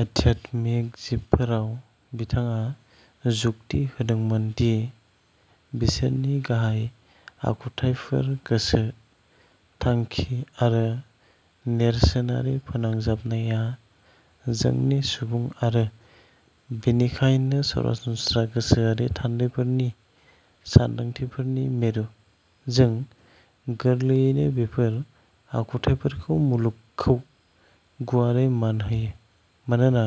आध्यात्मिक जिबफोराव। बिथाङा जुक्ति होदोंमोन दि बिसोरनि गाहाय आखुथायफोर-गोसो, थांखि आरो नेरसोनारि फोनांजाबनाया-जोंनि सुबुं आरो बेनिखायनो सरासनस्रा गोसोआरि थान्दैफोरनि सानदांथिफोरनि मिरु। जों गोरलैयैनो बेफोर आखुथाइफोरखौ मुलुगखौ गुवारै मान होयो, मानोना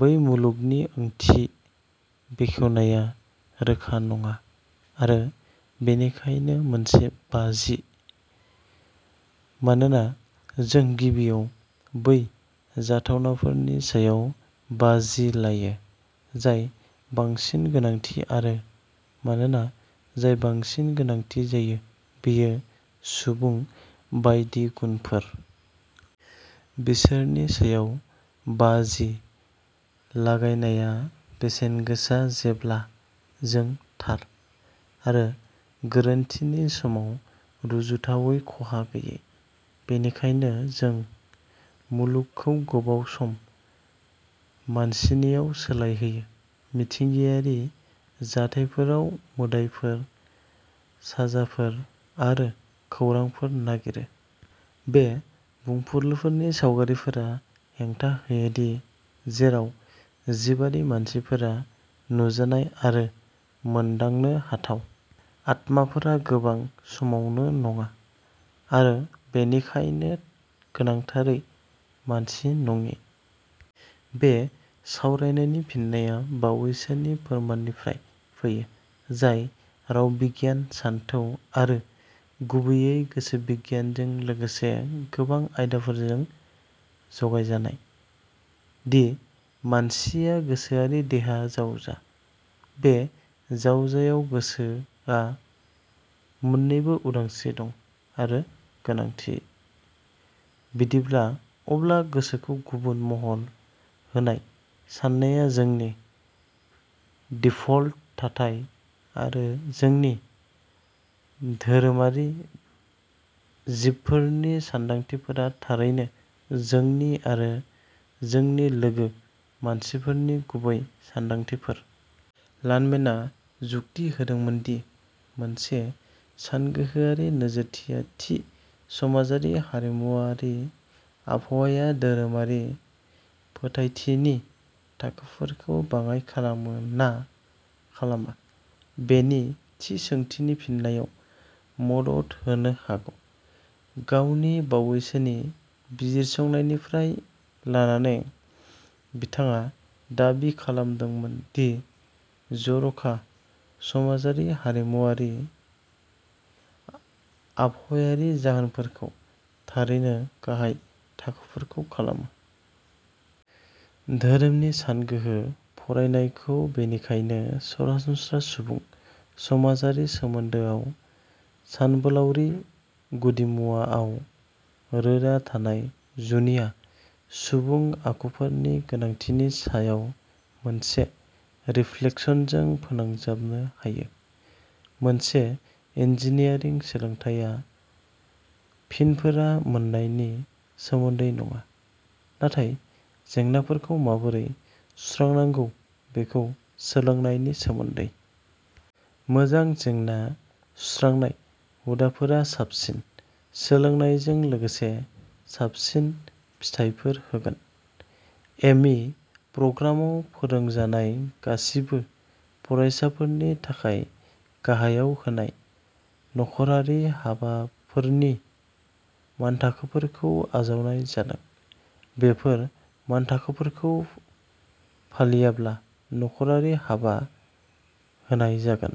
बै मुलुगनि ओंथि बेखेवनाया रोखा नङा आरो बेनिखायनो मोनसे बाजि; मानोना जों गिबियाव बै जाथावनाफोरनि सायाव बाजि लायो जाय बांसिन गोनांथि; आरो मानोना जाय बांसिन गोनांथि जायो बेयो सुबुं बायदि गुनफोर। बिसोरनि सायाव बाजि लागायनाया बेसेनगोसा जेब्ला जों थार, आरो गोरोन्थिनि समाव रुजुथावै खहा गैयै। बेनिखायनो जों मुलुगखौ गोबाव सम मानसिनियाव सोलायहोयो, मिथिंगायारि जाथायफोराव मोदाइफोर, साजाफोर आरो खौरांफोर नागिरो। बे बुंफुरलुनि सावरायगिरिफोरा हेंथा होयो दि, जेराव जिबारि मानसिफोरा नुजानाय आरो मोनदांनो हाथाव, आत्माफोरा गोबां समावनो नङा, आरो बेनिखायनो गोनांथारै मानसि-नङि। बे सावरायनायनि फिननाया बावैसोनि फोरमाननिफ्राय फैयो, जाय राव बिगियान, सानथौ आरो गुबैयै गोसोबिगियानजों लोगोसे गोबां आयदाफोरजों जगायजानाय, दि मानसिया गोसोआरि-देहा जावजा। बे जावजायाव, गोसोआ मोन्नैबो उदांस्रि दं। आरो गोनांथि। बिदिब्ला, अब्ला गोसोखौ गुबुन महर होनाय साननाया जोंनि दिफल्ट थाथाय, आरो जोंनि धोरोमारि जिबफोरनि सानदांथिफोरा थारैनो जोंनि आरो जोंनि लोगो मानसिफोरनि गुबै सानदांथिफोर। लानमेनआ जुक्ति होदोंमोन दि मोनसे सानगोहोआरि नोजोरथिया थि समाजारि-हारिमुआरि आबहावाया धोरोमारि फोथायथिनि थाखोफोरखौ बाङाइ खालामो ना खालामा, बेनि थि सोंथिनि फिननायाव मदद होनो हागौ। गावनि बावैसोनि बिजिरसंनायनिफ्राय लानानै, बिथाङा दाबि खालामदोंमोन दि जर'खा समाजारि-हारिमुआरि आबहावायारि जाहोनफोरखौ थारैनो गाहाय थाखोफोरखौ खालामो। धोरोमनि सानगोहो फरायनायखौ बेनिखायनो सरासनस्रा सुबुं समाजारि सोमोन्दोआव सानबोलावरि गुदिमुवाआव रोदा थानाय जुनिया सुबुं आखुफोरनि गोनांथिनि सायाव मोनसे रिफ्लेक्सनजों फोनांजाबनो हायो। मोनसे इन्जिनियारिं सोलोंथायआ फिनफोर मोन्नायनि सोमोन्दै नङा, नाथाय जेंनाफोरखौ माबोरै सुस्रांनांगौ बेखौ सोलोंनायनि सोमोन्दै। मोजां जेंना सुस्रांनाय हुदाफोरा साबसिन सोलोंनायजों लोगोसे साबसिन फिथायफोर होगोन। एम इ प्रग्रामाव फोरोंजानाय गासिबो फरायफारिफोरनि थाखाय गाहायाव होनाय न'खरारि हाबाफोरनि मानथाखोफोरखौ आजावनाय जादों। बेफोर मानथाखोफोरखौ फालियाब्ला न'खरारि हाबा होनाय जागोन।